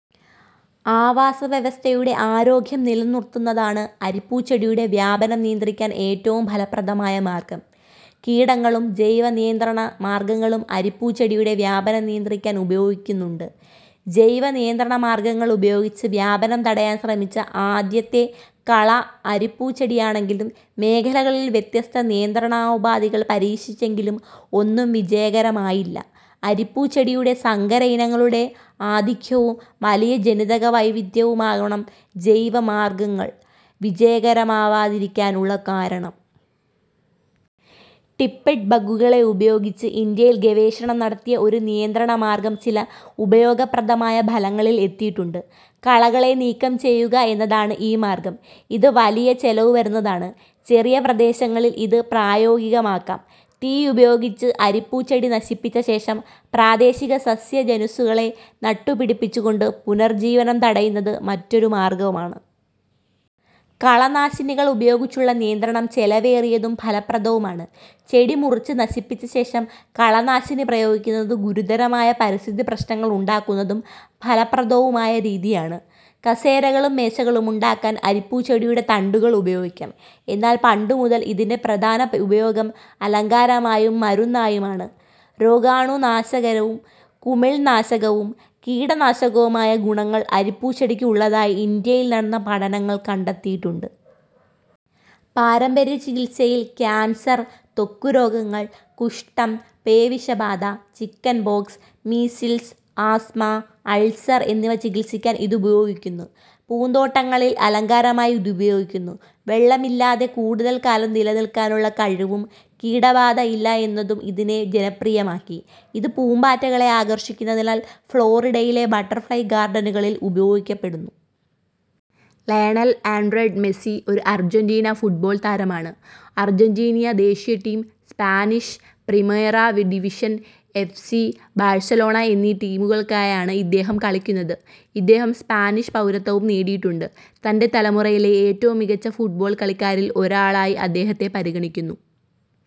ആവാസവ്യവസ്ഥയുടെ ആരോഗ്യം നിലനിർത്തുന്നതാണ് അരിപ്പൂച്ചെടിയുടെ വ്യാപനം നിയന്ത്രിക്കാൻ ഏറ്റവും ഫലപ്രദമായ മാർഗം. കീടങ്ങളും ജൈവ നിയന്ത്രണ മാർഗങ്ങളും അരിപ്പൂച്ചെടിയുടെ വ്യാപനം നിയന്ത്രിക്കാൻ ഉപയോഗിക്കുന്നുണ്ട്. ജൈവ നിയന്ത്രണമാർഗങ്ങൾ ഉപയോഗിച്ച് വ്യാപനം തടയാൻ ശ്രമിച്ച ആദ്യത്തെ കള അരിപ്പൂച്ചെടിയാണെങ്കിലും മേഖലകളിൽ വ്യത്യസ്ത നിയന്ത്രണോപാധികൾ പരീക്ഷിച്ചെങ്കിലും ഒന്നും വിജയകരമായില്ല. അരിപ്പൂച്ചെടിയുടെ സങ്കരയിനങ്ങളുടെ ആധിക്യവും വലിയ ജനിതകവൈവിധ്യവുമാവണം ജൈവ മാർഗങ്ങൾ വിജയകരമാവാതിരിക്കാനുള്ള കാരണം. ടിപ്പിഡ് ബഗ്ഗുകളെ ഉപയോഗിച്ച് ഇന്ത്യയിൽ ഗവേഷണം നടത്തിയ ഒരു നിയന്ത്രണ മാർഗം ചില ഉപയോഗപ്രദമായ ബലങ്ങളിൽ എത്തിയിട്ടുണ്ട്. കളകളെ നീക്കം ചെയ്യുക എന്നതാണ് ഈ മാർഗം. ഇത് വലിയ ചെലവു വരുന്നതാണ്. ചെറിയ പ്രദേശങ്ങളിൽ ഇത് പ്രായോഗികമാക്കാം. തീ ഉപയോഗിച്ച് അരിപ്പൂച്ചെടി നശിപ്പിച്ചശേഷം പ്രാദേശിക സസ്യജനുസ്സുകളെ നട്ടുപിടിപ്പിച്ചുകൊണ്ട് പുനർജീവനം തടയുന്നത് മറ്റൊരു മാർഗ്ഗമാണ്. കളനാശിനികൾ ഉപയോഗിച്ചുള്ള നിയന്ത്രണം ചെലവേറിയതും ഫലപ്രദവുമാണ്. ചെടി മുറിച്ച് നശിപ്പിച്ചശേഷം കളനാശിനി പ്രയോഗിക്കുന്നത് ഗുരുതരമായ പരിസ്ഥിതി പ്രശ്നങ്ങൾ ഉണ്ടാക്കുന്നതും ഫലപ്രദവുമായ രീതിയാണ്. കസേരകളും മേശകളും ഉണ്ടാക്കാൻ അരിപ്പൂച്ചെടിയുടെ തണ്ടുകൾ ഉപയോഗിക്കാം. എന്നാൽ പണ്ടുമുതൽ ഇതിന്റെ പ്രധാന ഉപയോഗം അലങ്കാരമായും മരുന്നായും ആണ്. രോഗാണു നാശകവും, കുമിൾനാശകവും, കീടനാശകവുമായ ഗുണങ്ങൾ അരിപ്പൂച്ചെടിക്ക് ഉള്ളതായി ഇന്ത്യയിൽ നടന്ന പഠനങ്ങൾ കണ്ടെത്തിയിട്ടുണ്ട്. പാരമ്പര്യ ചികിത്സയിൽ കാൻസർ, ത്വക്ക് രോഗങ്ങൾ, കുഷ്ഠം, പേവിഷബാധ, ചിക്കൻപോക്സ്, മീസിൽസ്, ആസ്ത്മ, അൾസർ എന്നിവ ചികിത്സിക്കാൻ ഇത് ഉപയോഗിക്കുന്നു. പൂന്തോട്ടങ്ങളിൽ അലങ്കാരമായി ഇത് ഉപയോഗിക്കുന്നു. വെള്ളം ഇല്ലാതെ കൂടുതൽ കാലം നിലനിൽക്കാനുള്ള കഴിവും, കീടബാധ ഇല്ല എന്നതും ഇതിനെ ജനപ്രിയമാക്കി.. ഇത് പൂമ്പാറ്റകളെ ആകർഷിക്കുന്നതിനാൽ ഫ്ലോറിഡയിലെ ബട്ടർഫ്ലൈ ഗാർഡനുകളിൽ ഉപയോഗിക്കപ്പെടുന്നു. ലയണൽ ആൻഡ്രഡ് മെസ്സി ഒരു അർജന്റീന ഫുട്ബോൾ താരമാണ്. അർജന്റീന ദേശീയ ടീം, സ്പാനിഷ് പ്രിമേറ ഡിവിഷനിൽ എഫ്. സി. ബാഴ്സലോണ എന്നീ ടീമുകൾക്കായാണ് ഇദ്ദേഹം കളിക്കുന്നത്. ഇദ്ദേഹം സ്പാനിഷ് പൗരത്വവും നേടിയിട്ടുണ്ട്. തന്റെ തലമുറയിലെ ഏറ്റവും മികച്ച ഫുട്ബോൾ കളിക്കാരിൽ ഒരാളായി അദ്ദേഹത്തെ പരിഗണിക്കുന്നു.